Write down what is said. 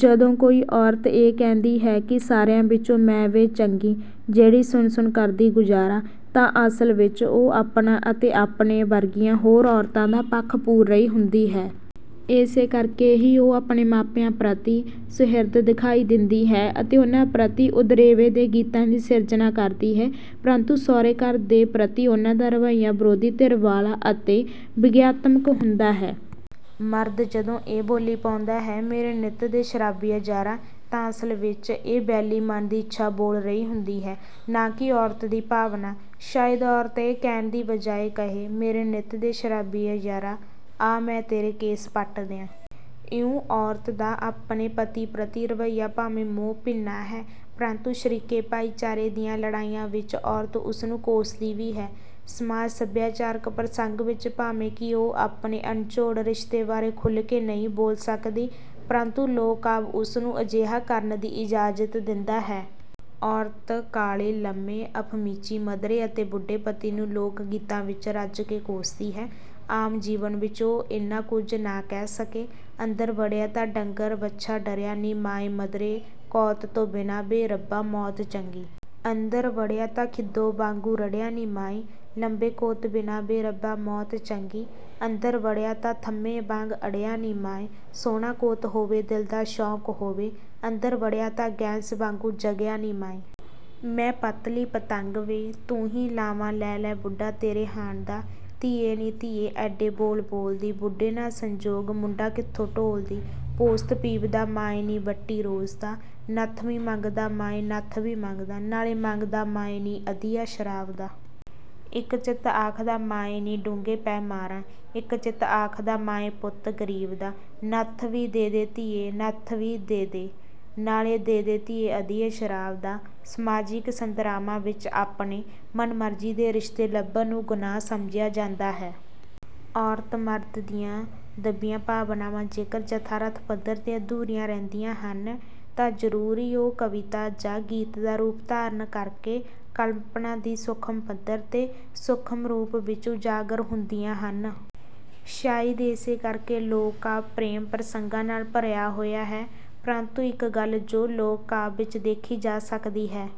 ਜਦੋਂ ਕੋਈ ਔਰਤ ਇਹ ਕਹਿੰਦੀ ਹੈ ਕਿ ਸਾਰਿਆਂ ਵਿੱਚੋਂ ਮੈਂ ਵੇ ਚੰਗੀ ਜਿਹੜੀ ਸੁਣ ਸੁਣ ਕਰਦੀ ਗੁਜਾਰਾ ਤਾਂ ਅਸਲ ਵਿੱਚ ਉਹ ਆਪਣਾ ਅਤੇ ਆਪਣੇ ਵਰਗੀਆਂ ਹੋਰ ਔਰਤਾਂ ਦਾ ਪੱਖ ਪੂਰ ਰਹੀ ਹੁੰਦੀ ਹੈ। ਇਸੇ ਕਰਕੇ ਹੀ ਉਹ ਆਪਣੇ ਮਾਪਿਆਂ ਪ੍ਰਤਿ ਸੁਹਿਰਦ ਦਿਖਾਈ ਦਿੰਦੀ ਹੈ ਅਤੇ ਉਨ੍ਹਾਂ ਪ੍ਰਤਿ ਉਦਰੇਵੇਂ ਦੇ ਗੀਤਾਂ ਦੀ ਸਿਰਜਣਾ ਕਰਦੀ ਹੈ ਪਰੰਤੂ ਸਹੁਰੇ ਘਰ ਦੇ ਪ੍ਰਤੀ ਉਸ ਦਾ ਰਵੱਈਆ ਵਿਰੋਧੀ ਧਿਰ ਵਾਲਾ ਅਤੇ ਵਿਅੰਗਆਤਮਕ ਹੁੰਦਾ ਹੈ। ਮਰਦ ਜਦੋਂ ਇਹ ਬੋਲੀ ਪਾਉਂਦਾ ਹੈ ਮੇਰੇ ਨਿੱਤ ਦੇ ਸ਼ਰਾਬੀਆ ਯਾਰਾ। ਤਾਂ ਅਸਲ ਵਿੱਚ ਇਹ ਵੈਲੀ ਮਨ ਦੀ ਇੱਛਾ ਬੋਲ ਰਹੀ ਹੁੰਦੀ ਹੈ ਨਾ ਕਿ ਔਰਤ ਦੀ ਭਾਵਨਾ। ਸ਼ਾਇਦ ਔਰਤ ਇਹ ਕਹਿਣ ਦੀ ਬਜਾਏ ਕਹੇ ਮੇਰੇ ਨਿੱਤ ਦੇ ਸ਼ਰਾਬੀਆ ਯਾਰਾ ਆ ਮੈਂ ਤੇਰੇ ਕੇਸ ਪੱਟਦਿਆ। ਇਉਂ ਔਰਤ ਦਾ ਆਪਣੇ ਪਤੀ ਪ੍ਰਤੀ ਰਵੱਈਆ ਭਾਵੇਂ ਮੋਹ-ਭਿੰਨਾ ਹੈ ਪ੍ਰੰਤੂ ਸ਼ਰੀਕੇ ਭਾਈਚਾਰੇ ਦੀਆਂ ਲੜਾਈਆਂ ਵਿੱਚ ਔਰਤ ਉਸ ਨੂੰ ਕੋਸਦੀ ਵੀ ਹੈ। ਸਮਾਜ ਸਭਿਆਚਾਰਕ ਪ੍ਰਸੰਗ ਵਿੱਚ ਭਾਵੇਂ ਕਿ ਉਹ ਆਪਣੇ ਅਨਜੋੜ ਰਿਸ਼ਤੇ ਬਾਰੇ ਖੁੱਲ੍ਹ ਕੇ ਨਹੀਂ ਬੋਲ ਸਕਦੀ ਪ੍ਰੰਤੂ ਲੋਕ ਕਾਵਿ ਉਸ ਨੂੰ ਅਜਿਹਾ ਕਰਨ ਦੀ ਇਜਾਜ਼ਤ ਦਿੰਦਾ ਹੈ। ਔਰਤ ਕਾਲ਼ੇ, ਲੰਮੇ, ਅਫ਼ੀਮਚੀ, ਮਧਰੇ ਅਤੇ ਬੁੱਢੇ ਪਤੀ ਨੂੰ ਲੋਕ ਗੀਤਾਂ ਵਿੱਚ ਰੱਜ ਕੇ ਕੋਸਦੀ ਹੈ। ਆਮ ਜੀਵਨ ਵਿੱਚ ਉਹ ਇੰਨਾਂ ਕੁਝ ਨਾ ਕਹਿ ਸਕੇ। ਅੰਦਰ ਵੜਿਆ ਤਾਂ ਡੰਗਰ ਵੱਛਾ ਡਰਿਆ ਨੀ ਮਾਏ ਮਧਰੇ ਕੌਤ ਤੋਂ ਬਿਨਾ ਵੇ ਰੱਬਾ ਮੌਤ ਚੰਗੀ। ਅੰਦਰ ਵੜਿਆ ਤਾਂ ਖਿੱਦੋ ਵਾਗੂੰ ਰਿੜ੍ਹਿਆ ਨੀ ਮਾਏ ਲੰਬੇ ਕੌਂਤ ਬਿਨਾਂ ਵੇ ਰੱਬਾ ਮੌਤ ਚੰਗੀ। ਅੰਦਰ ਵੜਿਆ ਤਾਂ ਥੰਮੇ ਵਾਗੂੰ ਅੜਿਆ ਨੀ ਮਾਏ। ਸੋਹਣਾ ਕੌਤ ਹੋਵੇ ਦਿਲ ਦਾ ਸੌਕ ਹੋਵੇ। ਅੰਦਰ ਵੜਿਆ ਤਾ ਗੈਸ ਵਾਗੂੰ ਜਗਿਆ ਨੀ ਮਾਏ। ਮੈਂ ਪਤਲੀ ਪਤੰਗ ਵੇ। ਤੂੰ ਹੀ ਲਾਵਾਂ ਲੈ ਲੈ ਬੁੱਢਾ ਤੇਰੇ ਹਾਣ ਦਾ। ਧੀਏ ਨੀ ਧੀਏ ਐੱਡੇ ਬੋਲ ਬੋਲਦੀ ਬੁੱਢੇ ਨਾਲ਼ ਸੰਜੋਗ ਮੂੰਡਾ ਕਿੱਥੋਂ ਟੋਲਦੀ। ਪੋਸਤ ਪੀਵਦਾ ਮਾਏ ਨੀ ਵੱਟੀ ਰੋਜ ਦਾ। ਨੱਥਵੀ ਮੰਗਦਾ ਮਾਏ ਨੱਥ ਵੀ ਮੰਗਦਾ, ਨਾਲੇ ਮੰਗਦਾ ਮਾਏ ਨੀ ਅਧੀਆ ਸ਼ਰਾਬ ਦਾ। ਇੱਕ ਚਿਤ ਆਖਦਾ ਮਾਏ ਨੀ ਡੂੰਘੇ ਪੈ ਮਰਾਂ। ਇੱਕ ਚਿਤ ਆਖਦਾ ਮਾਏ ਪੁੱਤ ਗਰੀਬ ਦਾ। ਨੱਥ ਵੀ ਦੇ ਦੇ ਧੀਏ, ਨੱਥ ਵੀ ਦੇ ਨਾਲੇ ਦੇ ਧੀਏ ਅਧੀਆ ਸ਼ਰਾਬ ਦਾ। ਸਮਾਜਿਕ ਸੰਦਰਭਾਂ ਵਿੱਚ ਆਪਣੇ ਮਨਮਰਜ਼ੀ ਦੇ ਰਿਸ਼ਤੇ ਲੱਭਣ ਨੂੰ ਗੁਨਾਹ ਸਮਝਿਆ ਜਾਂਦਾ ਹੈ। ਔਰਤ ਮਰਦ ਦੀਆਂ ਦੱਬੀਆਂ ਭਾਵਨਾਵਾਂ ਜੇਕਰ ਯਥਾਰਥ ਪੱਧਰ ਤੇ ਅਧੂਰੀਆਂ ਰਹਿੰਦੀਆਂ ਹਨ ਤਾਂ ਜ਼ਰੂਰ ਹੀ ਉਹ ਕਵਿਤਾ ਜਾਂ ਗੀਤ ਦਾ ਰੂਪ ਧਾਰਨ ਕਰਕੇ ਕਲਪਨਾ ਦੀ ਸੂਖਮ ਪੱਧਰ ਤੇ ਸੂਖਮ ਰੂਪ ਵਿੱਚ ਉਜਾਗਰ ਹੁੰਦੀਆਂ ਹਨ। ਸ਼ਾਇਦ ਇਸੇ ਕਰਕੇ ਲੋਕ-ਕਾਵਿ ਪ੍ਰੇਮ ਪ੍ਰਸੰਗਾਂ ਨਾਲ ਭਰਿਆ ਹੋਇਆ ਹੈ ਪਰੰਤੂ ਇੱਕ ਗੱਲ ਜੋ ਲੋਕ ਕਾਵਿ ਵਿੱਚ ਦੇਖੀ ਜਾ ਸਕਦੀ ਹੈ।